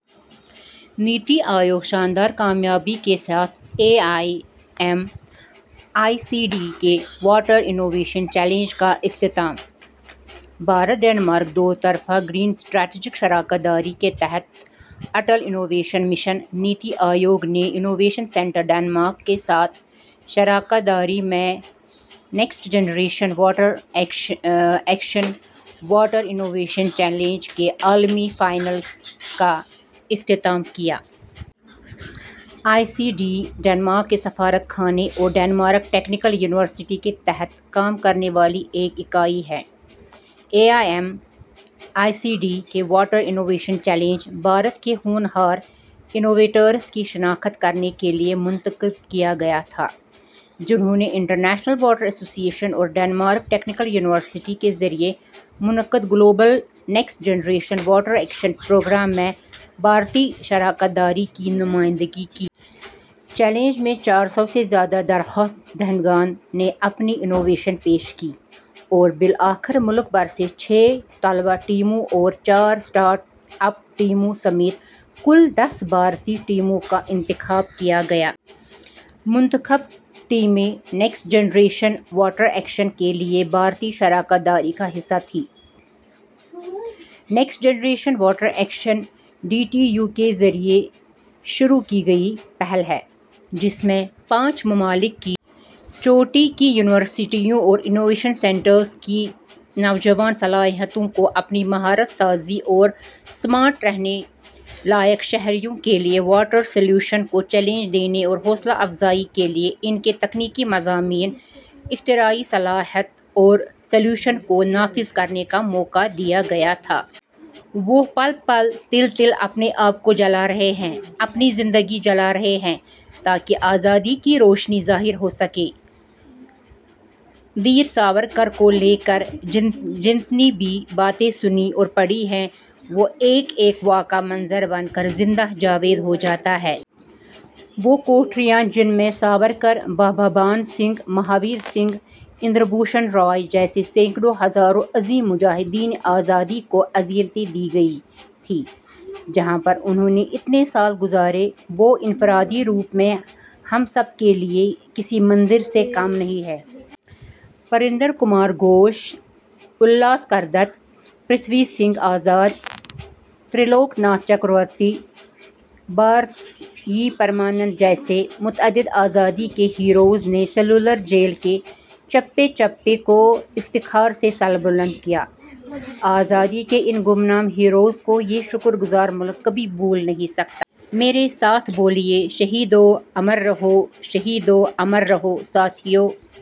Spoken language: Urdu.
نیتی آیوگ شاندار کامیابی کے ساتھ A I M I C D K water innovation challenge کا اختتام۔ بھارت ڈنمارک دو طرفہ گرین اسٹریٹجک شراکت داری کے تحت اٹل انوویشن مشن، نیتی آیوگ نے انوویشن سنٹر ڈنمارک کے ساتھ شراکت داری میں next generation water action water innovation challenge کے عالمی فائنل کا اختتام کیا۔ آئی سی ڈی، ڈنمارک کے سفارتخانے اور ڈنمارک ٹیکنیکل یونیورسٹی کے تحت کام کرنے والی ایک اکائی ہے۔ A I M I C D K water innovation challenge Bharat کے ہونہار انوویٹرس کی شناخت کرنے کے لیے منعقد کیا گیا تھا، جنہوں نے انٹرنیشنل واٹر ایسوسی ایشن اور ڈنمارک ٹیکنیکل یونیورسٹی کے ذریعے منعقد global next generation water action programme میں بھارتی شراکت داری کی نمائندگی کی۔ چیلنج میں چار سو سے زیادہ درخواست دہندگان نے اپنی انوویشن پیش کیں اور بالآخر ملک بھر سے چھ طلبہ ٹیموں اور چار اسٹارٹ اپ ٹیموں سمیت کل دس بھارتی ٹیموں کا انتخاب کیا گیا۔ منتخب ٹیمیں ’نیکسٹ جنریشن واٹر ایکشن‘ کے لیے بھارتی شراکت داری کا حصہ تھیں۔ Next generation water action D T U کے ذریعے شروع کی گئی پہل ہے، جس میں پانچ ممالک کی چوٹی کی یونیورسٹیوں اور انوویشن سنٹر کی نوجوان صلاحیتوں کو اپنی مہارت سازی اور اسمارٹ، رہنے لائق شہروں کے لیے واٹر سلوشن کو چیلنج دینے اور حوصلہ افزائی کے لیے ان کے تکنیکی مضامین، اختراعی صلاحیت اور سلوشن کو نافذ کرنے کا موقع دیا گیا تھا۔ وہ پل پل، تل تل اپنے آپ کو جلا رہے ہیں۔ اپنی زندگی جلا رہے ہیں تاکہ آزادی کی روشنی ظاہر ہو سکے۔ ویر ساورکر کو لے کر جتنی بھی باتیں سنی اور پڑھی ہیں، وہ ایک ایک واقعہ منظر بن کر زندہ جاوید ہو جاتا ہے۔ وہ کوٹھریاں جن میں ساورکر، بابا بھان سنگھ، مہاویر سنگھ، اندر بھوشن رائے جیسے سینکڑوں، ہزاروں عظیم مجاہدینِ آزادی کو اذیتیں دی گئی تھیں۔ جہاں پر انہوں نے اتنے سال گزارے، وہ انفرادی روپ میں ہم سب کے لیے کسی مندر سے کم نہیں ہیں۔ پاریندر کمار گھوش، اُلّاس کر دت، پرتھوی سنگھ آزاد، تریہ لوکیہ ناتھ چکرورتی، بھائی پرمانند جیسے متعدد آزادی کے ہیروز نے سیلولر جیل کے چپے چپے کو افتخار سے سربلند کیا۔ آزادی کے ان گمنام ہیروز کو یہ شکرگزار ملک کبھی بھول نہیں سکتا۔ میرے ساتھ بولیے، شہیدوں! امر رہو، شہیدوں! امر رہو، ساتھیو!